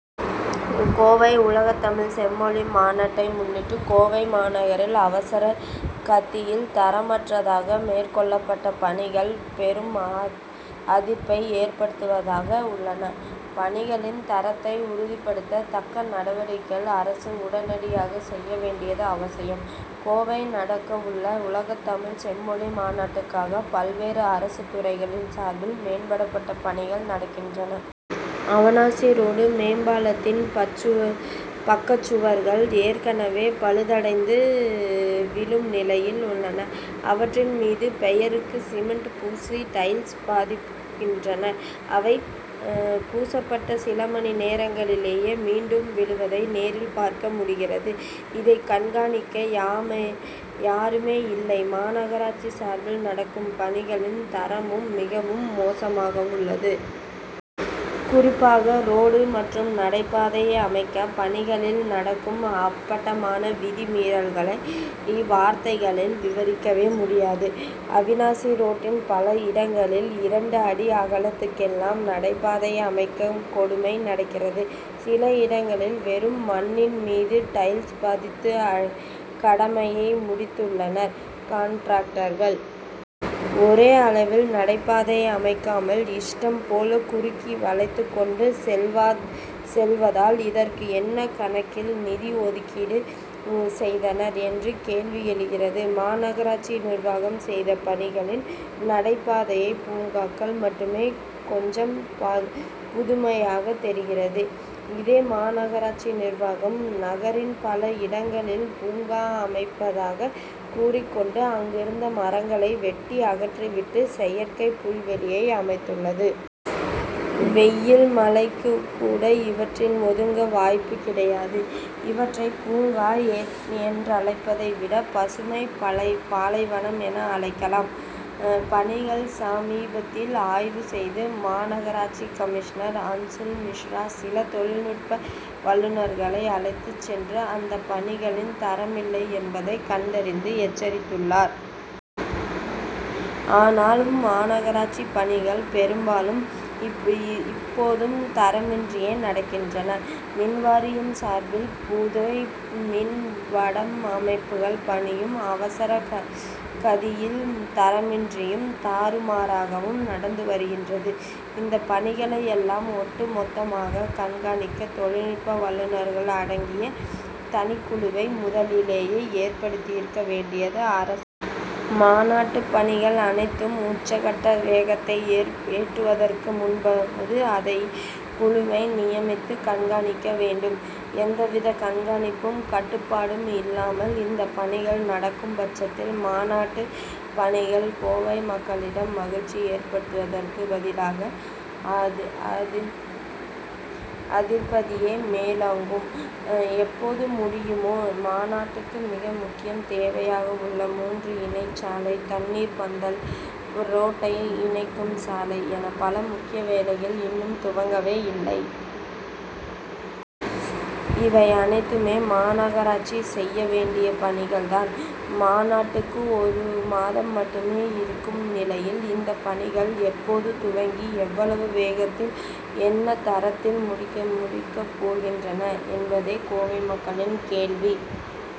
கோவை உலகத்தமிழ்ச் செம்மொழி மாநாட்டை முன்னிட்டு கோவை மாநகரில் அவசர கதியில் தரமற்றதாக மேற்கொள்ளப்பட்ட பணிகள் பெரும் அதிப்பை ஏற்படுத்துவதாக உள்ளன. பணிகளின் தரத்தை உறுதிப்படுத்த தக்க நடவடிக்கைகளை அரசு உடனடியாக செய்ய வேண்டியது அவசியம். கோவையில் நடக்கவுள்ள உலகத்தமிழ்ச் செம்மொழி மாநாட்டுக்காக பல்வேறு அரசுத் துறைகளின் சார்பில் மேம்படபட்டடப் பணிகள் நடக்கின்றன. அவினாசி ரோடு மேம்பாலத்தின் பச்சுவர் பக்கச்சுவர்கள் ஏற்கனவே பழுதடைந்து விழும் நிலையில் உள்ளன. அவற்றின் மீது பெயருக்கு சிமெண்ட் பூசி டைல்ஸ் பதிக்கின்றனர். அவை பூசப்பட்ட சில மணி நேரங்களிலேயே மீண்டும் விழுவதை நேரில் பார்க்க முடிகிறது. இதையும் கண்காணிக்க யாமே யாருமேயில்லை. மாநகராட்சி சார்பில் நடக்கும் பணிகளின் தரமும் மிக மோசமாகவுள்ளது. குறிப்பாக ரோடு மற்றும் நடைபாதை அமைக்க பணிகளில் நடக்கும் அப்பட்டமான விதி மீறல்களை வார்த்தைகளில் விவரிக்கவே முடியாது. அவினாசி ரோட்டில் பல இடங்களில் இரண்டு அடி அகலத்துக்கெல்லாம் நடைபாதை அமைக்கும் கொடுமை நடக்கிறது. சில இடங்களில் வெறும் மண்ணின் மீது டைல்ஸ் பதித்து கடமையை முடித்துள்ளனர் காண்ட்ராக்டர்கள். ஒரே அளவில் நடைபாதை அமைக்காமல் இஷ்டம்போல குறுக்கி வளைத்து கொண்டு செல்வா செல்வதால் இதற்கு என்ன கணக்கில் நிதி ஒதுக்கீடு செய்தனர் என்ற கேள்வி எழுகிறது. மாநகராட்சி நிர்வாகம் செய்த பணிகளில் நடைபாதைப் பூங்காக்கள் மட்டுமே கொஞ்சம் புதுமையாகத் தெரிகிறது. இதே மாநகராட்சி நிர்வாகம் நகரின் பல இடங்களில் பூங்கா அமைப்பதாகக் கூறிக் கொண்டு அங்கிருந்த மரங்களை வெட்டி அகற்றி விட்டு செயற்கைப் புல்வெளியை அமைத்துள்ளது. வெயில் மழைக்குக் கூட இவற்றில் ஒதுங்க வாய்ப்பு கிடையாது. இவற்றை பூங்கா என்றழைப்பதை விட பசுமைப் பலை பாலைவனமென அழைக்கலாம். பணிகள் சமீபத்தில் ஆய்வு செய்த மாநகராட்சி கமிஷ்னர் அன்சுல் மிஸ்ரா சில தொழில்நுட்ப வல்லுனர்களை அழைத்துச் சென்று அந்தப் பணிகளில் தரமில்லை என்பதைக் கண்டறிந்து எச்சரித்துள்ளார். ஆனாலும் மாநகராட்சிப் பணிகள் பெரும்பாலும் இப்போதும் தரமின்றியே நடக்கின்றன. மின் வாரியம் சார்பில் புதை மின் வடம் அமைக்கும் பணியும் அவசர கதியில் தரமின்றியும் தாறுமாறாகவும் நடந்து வருகிறது. இந்த பணிகளை எல்லாம் ஒட்டு மொத்தமாகக் கண்காணிக்க தொழில்நுட்ப வல்லுனர்கள் அடங்கிய தனிக்குழுவை முதலிலேயே ஏற்படுத்தியிருக்க வேண்டியது அரசின் மாநாட்டுப் பணிகள் அனைத்தும் உச்ச கட்ட வேகத்தை ஏட்டுவதற்கு முன்பாவது அத்தகைய குழுவை நியமித்து கண்காணிக்க வேண்டும். எந்த வித கண்காணிப்பும் கட்டுப்பாடும் இல்லாமல் இந்த பணிகள் நடக்கும்பட்சத்தில் மாநாட்டுப் பணிகள் கோவை மக்களிடம் மகிழ்ச்சி ஏற்படுவதற்குப் பதிலாக அதி அதி அதிபதியே மேலோங்கும். எப்போது முடியுமோ மாநாட்டுக்கு மிக முக்கியத் தேவையாகவுள்ள மூன்று இணைப்புச் சாலைகள் தண்ணீர்ப் பந்தல் ரோட்டை இணைக்கும் சாலை என பல முக்கிய வேலைகள் இன்னும் துவங்கவே இல்லை. இவை அனைத்துமே மாநகராட்சி செய்ய வேண்டிய பணிகள் தான். மாநாட்டுக்கு ஒரு மாதம் மட்டுமே இருக்கும் நிலையில் இந்தப் பணிகளை எப்போது துவங்கி எவ்வளவு வேகத்தில் என்ன தரத்தில் முடிக்க முடிக்கப்போகின்றனர் என்பதே கோவை மக்களின் கேள்வி.